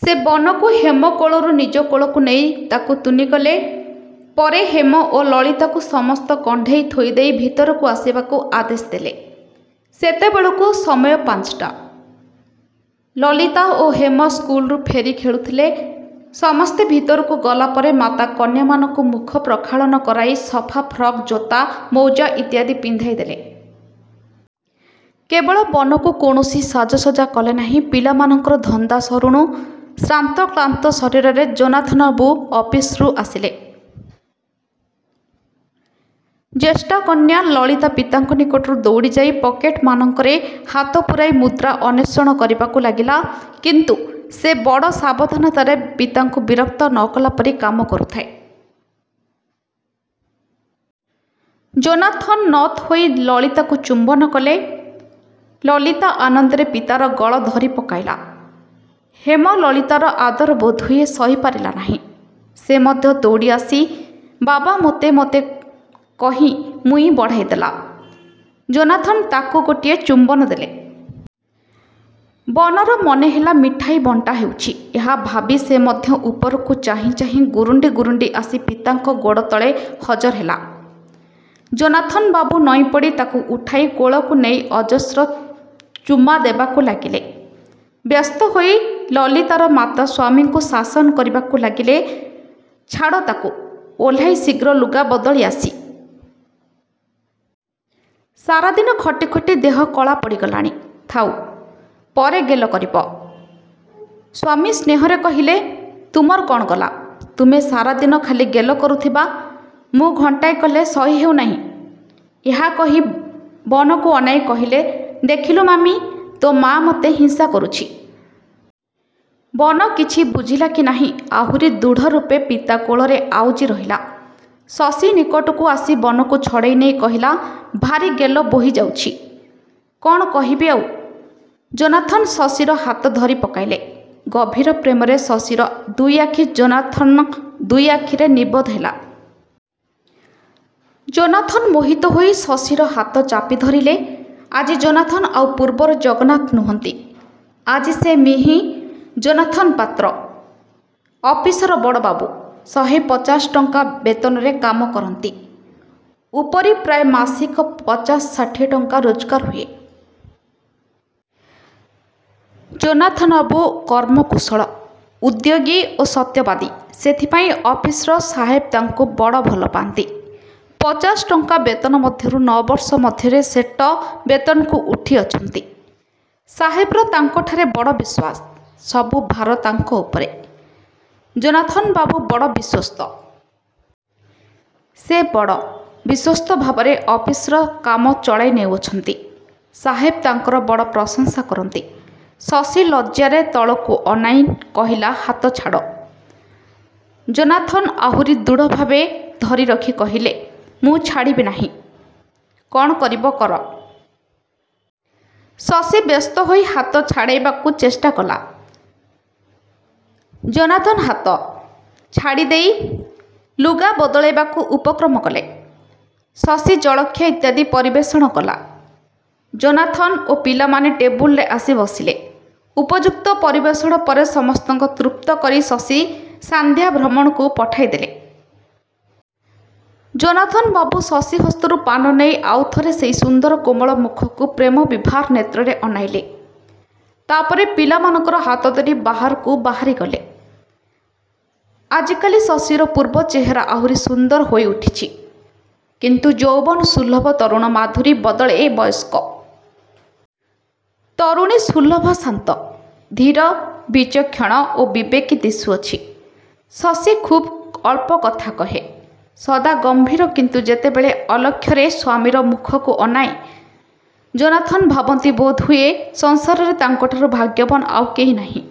ସେ ବନକୁ ହେମ କୋଳରୁ ନିଜ କୋଳକୁ ନେଇ ତାକୁ ତୁନି କଲେ। ପରେ ହେମ ଓ ଲଳିତାକୁ ସମସ୍ତ କଣ୍ଢେଇ ଥୋଇ ଦେଇ ଭିତରକୁ ଆସିବାକୁ ଆଦେଶ ଦେଲେ। ସେତେବେଳକୁ ସମୟ ପାଞ୍ଚଟା। ଲଲିତା ଓ ହେମ ସ୍କୁଲରୁଫେରି ଖେଳୁଥିଲେ। ସମସ୍ତେ ଭିତରକୁ ଗଲାପରେ ମାତା କନ୍ୟାମାନଙ୍କୁ ମୁଖ ପ୍ରକ୍ଷାଳନ କରାଇ ସଫା ଫ୍ରକ୍ ଜୋତା, ମୋଜା ଇତ୍ୟାଦି ପିନ୍ଧାଇ ଦେଲେ। କେବଳ ବନକୁ କୌଣସି ସାଜସଜ୍ଜା କଲେ ନାହିଁ। ପିଲାମାନଙ୍କର ଧନ୍ଦା ସରୁଣୁ ଶ୍ରାନ୍ତକ୍ଳାନ୍ତ ଶରୀରରେ ଯୋନାଥନ୍ବାବୁ ଅଫିସରୁ ଆସିଲେ। ଜ୍ୟେଷ୍ଠାକନ୍ୟା ଲଳିତା ପିତାଙ୍କ ନିକଟକୁ ଦୌଡ଼ି ଯାଇ ପକେଟ୍ − ମାନଙ୍କରେ ହାତ ପୂରାଇ ମୁଦ୍ରା ଅନ୍ୱେଷଣ କରିବାକୁ ଲାଗିଲା। କିନ୍ତୁ ସେ ବଡ଼ ସାବଧାନରେ ପିତାଙ୍କୁ ବିରକ୍ତ ନକଲାପରି କାମ କରୁଥାଏ। ଯୋନାଥନ୍ ନତ ହୋଇ ଲଳିତାକୁ ଚୁମ୍ୱନ କଲେ। ଲଲିତା ଆନନ୍ଦରେ ପିତାର ଗଳ ଧରି ପକାଇଲା। ହେମ ଲଳିତାର ଆଦର ବୋଧ ହୁଏ ସହିପାରିଲା ନାହିଁ। ସେ ମଧ୍ୟ ଦୌଡ଼ି ଆସି "ବାବା ମୋତେ ମୋତେ" କହି ମୁହିଁ ବଢ଼ାଇ ଦେଲା। ଯୋନାଥନ୍ ତାକୁ ଗୋଟିଏ ଚୁମ୍ୱନ ଦେଲେ। ବନର ମନେ ହେଲା ମିଠାଇ ବଣ୍ଟା ହେଉଛି। ଏହା ଭାବି ସେ ମଧ୍ୟ ଉପରକୁ ଚାହିଁ ଚାହିଁ ଗୁରୁଣ୍ଡି ଗୁରୁଣ୍ଡି ଆସି ପିତାଙ୍କ ଗୋଡ଼ତଳେ ହଜର ହେଲା। ଯୋନାଥନ୍ ବାବୁ ନଇଁପଡ଼ି ତାକୁ ଉଠାଇ କୋଳକୁ ନେଇ ଅଜସ୍ର ଚୂମା ଦେବାକୁ ଲାଗିଲେ। ବ୍ୟସ୍ତ ହୋଇ ଲଲିତାର ମାତା ସ୍ୱାମୀଙ୍କୁ ଶାସନ କରିବାକୁ ଲାଗିଲେ "ଛାଡ଼, ତାକୁ ଓହ୍ଲାଇ ଶୀଘ୍ର ଲୁଗା ବଦଳିଆସି। ସାରାଦିନ ଖଟିଖଟି ଦେହ କଳା ପଡ଼ିଗଲାଣି। ଥାଉ, ପରେ ଗେଲ କରିବ। " ସ୍ୱାମୀ ସ୍ନେହରେ କହିଲେ "ତୁମର କ'ଣ ଗଲା? ତୁମେ ସାରାଦିନ ଖାଲି ଗେଲ କରୁଥିବା। ମୁଁ ଘଣ୍ଟାଏ କଲେ ସହି ହେଉ ନାହିଁ। " ଏହା କହି ବନକୁ ଅନାଇ କହିଲେ, "ଦେଖିଲୁ ମାମି, ତୋ ମା' ମୋତେ ହିଂସାକରୁଚି। " ବନ କିଛି ବୁଝିଲା କି ନାହିଁ ଆହୁରୀ ଦୃଢ଼ରୂପେ ପିତା କୋଳରେ ଆଉଜି ରହିଲା। ଶଶୀ ନିକଟକୁ ଆସି ବନକୁ ଛଡ଼େଇ ନେଇ କହିଲା "ଭାରି ଗେଲ ବୋହି ଯାଉଚି। କଣ କହିବି ଆଉ। " ଯୋନାଥନ୍ ଶଶୀର ହାତ ଧରି ପକାଇଲେ। ଗଭୀର ପ୍ରେମରେ ଶଶୀର ଦୁଇଆଖି ଯୋନାଥନ୍ର ଦୁଇ ଆଖିରେ ନିବଦ୍ଧ ହେଲା। ଯୋନାଥନ୍ ମୋହିତ ହୋଇ ଶଶୀର ହାତ ଚାପି ଧରିଲେ। ଆଜି ଯୋନାଥନ୍ ଆଉ ପୂର୍ବର ଜଗନ୍ନାଥ ନୁହଁନ୍ତି। ଆଜି ସେ ମିଃ ଯୋନାଥନ୍ ପାତ୍ର। ଅଫିସର ବଡ ବାବୁ। ଶହେ ପଚାଶ ଟଙ୍କା ବେତନରେ କାମ କରନ୍ତି। ଉପରି ପ୍ରାୟ ମାସିକ ପଚାଶ ଷାଠିଏ ଟଙ୍କା ରୋଜଗାର ହୁଏ। ଯୋନାଥନ୍ବାବୁ କର୍ମ କୁଶଳ, ଉଦ୍ଯୋଗୀ ଓ ସତ୍ୟବାଦୀ। ସେଥିପାଇଁ ଅଫିସ୍ର ସାହେବ ତାଙ୍କୁ ବଡ଼ ଭଲ ପାଆନ୍ତି। ପଚାଶ ଟଙ୍କା ବେତନ ମଧ୍ୟରୁ ନଅବର୍ଷ ମଧ୍ୟରେ ସେ ଟ ବେତନକୁ ଉଠିଅଛନ୍ତି। ସାହେବର ତାଙ୍କଠାରେ ବଡ଼ ବିଶ୍ୱାସ। ସବୁ ଭାର ତାଙ୍କ ଉପରେ-। ଯୋନାଥନ୍ ବାବୁ ବଡ଼ ବିଶ୍ୱସ୍ତ। ସେ ବଡ଼, ବିଶ୍ୱସ୍ତ ଭାବରେ ଅଫିସ୍ର କାମ ଚଳାଇ ନେଉଅଛନ୍ତି। ସାହେବ ତାଙ୍କର ବଡ଼ ପ୍ରଶଂସା କରନ୍ତି। ଶଶୀ ଲଜ୍ଜାରେ ତଳକୁ ଅନାଇଁ କହିଲା "ହାତ ଛାଡ଼। " ଯୋନାଥନ ଆହୁରି ଦୃଢ଼ଭାବେ ଧରି ରଖି କହିଲେ "ମୁଁ ଛାଡ଼ିବି ନାହିଁ। କଣ କରିବ କର। " ଶଶୀ ବ୍ୟସ୍ତ ହୋଇ ହାତ ଛାଡ଼ାଇବାକୁ ଚେଷ୍ଚା କଲା। ଯୋନାଥନ୍ ହାତ। ଛାଡିଦେଇ। ଲୁଗା ବଦଳାଇବାକୁ ଉପକ୍ରମ କଲେ। ଶଶୀ ଜଳଖିଆ ଇତ୍ୟାଦି ପରିବେଷଣକଲା। ଯୋନାଥନ୍ ଓ ପିଲାମାନେ ଟେବୁଲରେ ଆସି ବସିଲେ। ଉପଯୁକ୍ତ ପରିବେଷଣ ପରେ ସମସ୍ତଙ୍କ ତୃପ୍ତ କରି ଶଶୀ ସାନ୍ଧ୍ୟ ଭ୍ରମଣକୁ ପଠାଇଦେଲା। ଯୋନାଥନ୍ ବାବୁ ଶଶୀ ହସ୍ତରୁ ପାନ ନେଇ ଆଉ ଥରେ ସେହି ସୁନ୍ଦର କୋମଳ ମୁଖକୁ ପ୍ରେମବିଭାର ନେତ୍ରରେ ଅନାଇଲେ। ତାପରେ ପିଲାମାନଙ୍କର ହାତଧରି ବାହାରକୁ ବାହିରିଗଲେ। ଆଜିକାଲି ଶଶୀର ପୂର୍ବ ଚେହେରା ଆହୁରୀ ସୁନ୍ଦର ହୋଇ ଉଠିଛି। କିନ୍ତୁ ଯୌବନ ସୁଲଭ ତରୁଣ ମାଧୁରୀ ବଦଳେ ବୟସ୍କ। ତରୁଣୀ ସୁଲଭ ଶାନ୍ତ, ଧୀର, ବିଚକ୍ଷଣ ଓ ବିବେକୀ ଦିଶୁଅଛି। ଶଶୀ ଖୁବ୍ ଅଳ୍ପ କଥା କହେ। ସଦା ଗମ୍ଭୀର କିନ୍ତୁ ଯେତେବେଳେ ଅଲକ୍ଷରେ ସ୍ୱାମୀର ମୁଖକୁ ଅନାଏ, ଯୋନାଥନ୍ ଭାବନ୍ତି ବୋଧହୁଏ ସଂସାରରେ ତାଙ୍କଠାରୁ ଭାଗ୍ୟବାନ ଆଉ କେହି ନାହିଁ।